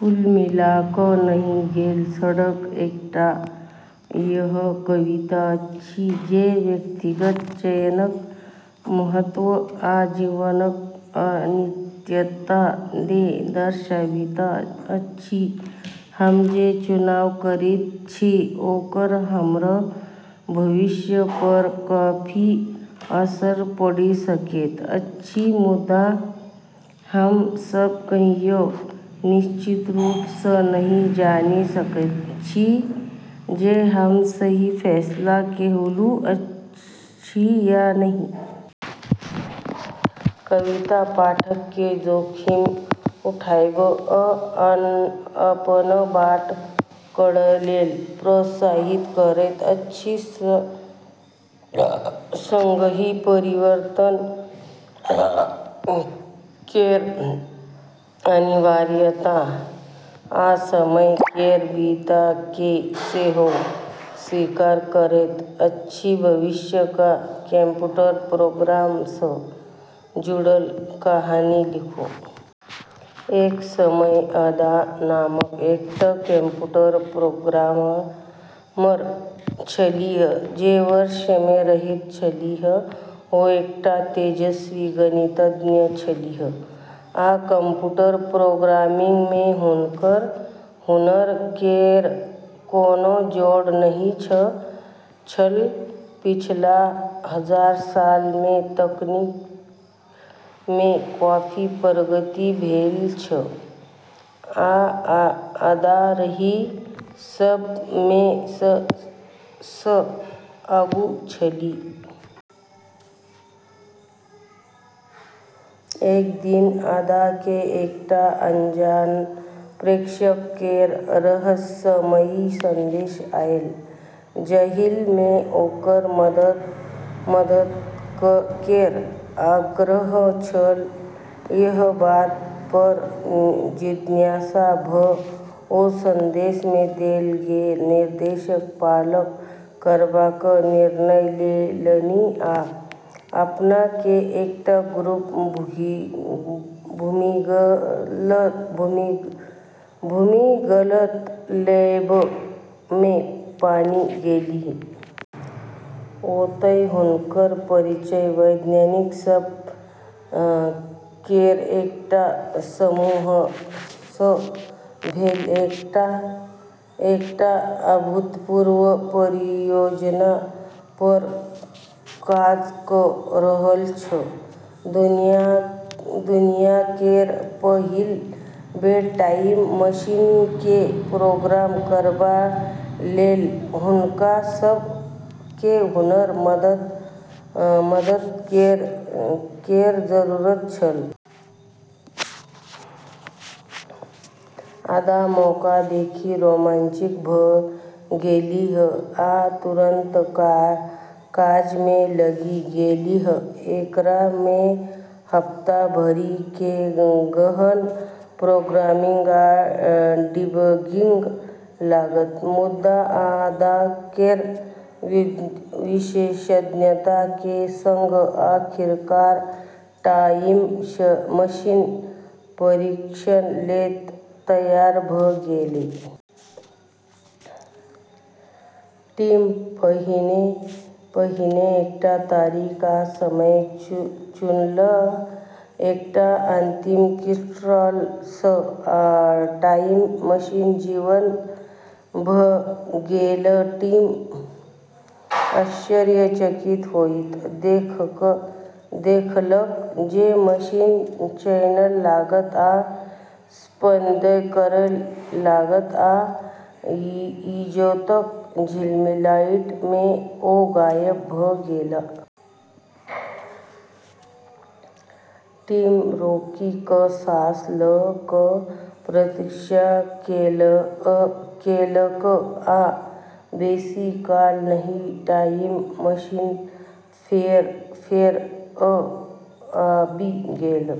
कुल मिला कऽ "नहि गेल सड़क" एकटा एहन कविता अछि जे व्यक्तिगत चयनक महत्व आ जीवनक अनित्यता केँ दर्शाबैत अछि। हम जे चुनाव करैत छी ओकर हमर भविष्य पर काफी असर पड़ि सकैत अछि, मुदा हम सभ कहियो निश्चित रूप सँ नहि जानि सकैत छी जे हम सही फैसला केलहुँ अछि या नहि। कविता पाठक केँ जोखिम उठाबय आ अपन बाट गढ़य लेल प्रोत्साहित करैत अछि, संगहि परिवर्तन केर अनिवार्यता आ समय केर बीतय केँ सेहो स्वीकार करैत अछि। भविष्य सँ कंप्यूटर प्रोग्रामर सँ जुड़ल कहानी लिखू। एक समय मे अदा नामक एकटा कंप्यूटर प्रोग्रामर छलीह, जे वर्ष मे रहैत छलीह, ओ एकटा तेजस्वी गणितज्ञ छलीह आ कंप्यूटर प्रोग्रामिंग मे हुनकर हुनर केर कोनो जोड़ नहि छल। पिछला हजार साल मे तकनीक मे काफी प्रगति भेल छल, आ अदा एहि सभ मे सब सँ आगू छलीह। एक दिन अदा केँ एकटा अनजान प्रेषक केर रहस्यमयी संदेश आयल, जाहि मे ओकर मदद केर आग्रह छल। एहि बात पर जिज्ञासा भऽ ओ संदेश मे देल गेल निर्देशक पालन करबाक निर्णय लेलनि आ अपना केँ एकटा गुप्त भूमिगत लैब मे पाबि गेलीह। ओतय हुनकर परिचय वैज्ञानिक सभ केर एकटा समूह सँ भेल जे एकटा अभूतपूर्व परियोजना पर काज कऽ रहल छल। दुनिया केर पहिल बेर टाइम मशीन केँ प्रोग्राम करबा लेल हुनका सभ केँ हुनकर मदद केर जरूरत छल। अदा मौका देखि रोमांचित भऽ गेलीह आ तुरंत काज मे लागि गेलीह। एकरा मे हप्ता भरि केर गहन प्रोग्रामिंग आ डिबगिंग लागल, मुदा अदा केर विशेषज्ञता केर संग आखिरकार टाइम मशीन परीक्षण लेल तैयार भऽ गेल। टीम पहिने एकटा तारीख आ समय चुनलक, आ एकटा अंतिम कीस्ट्रोक सँ टाइम मशीन जीवंत भऽ गेल। टीम आश्चर्यचकित होइत देखलक जे मशीन चमकय लागल आ स्पंदन करय लागल आ इजोतक झिलमिलाहट मे ओ गायब भऽ गेल। टीम रोकि कऽ साँस लऽ कऽ प्रतीक्षा केलक, आ बेसी काल नहि, टाइम मशीन फेर सँ आबि गेल।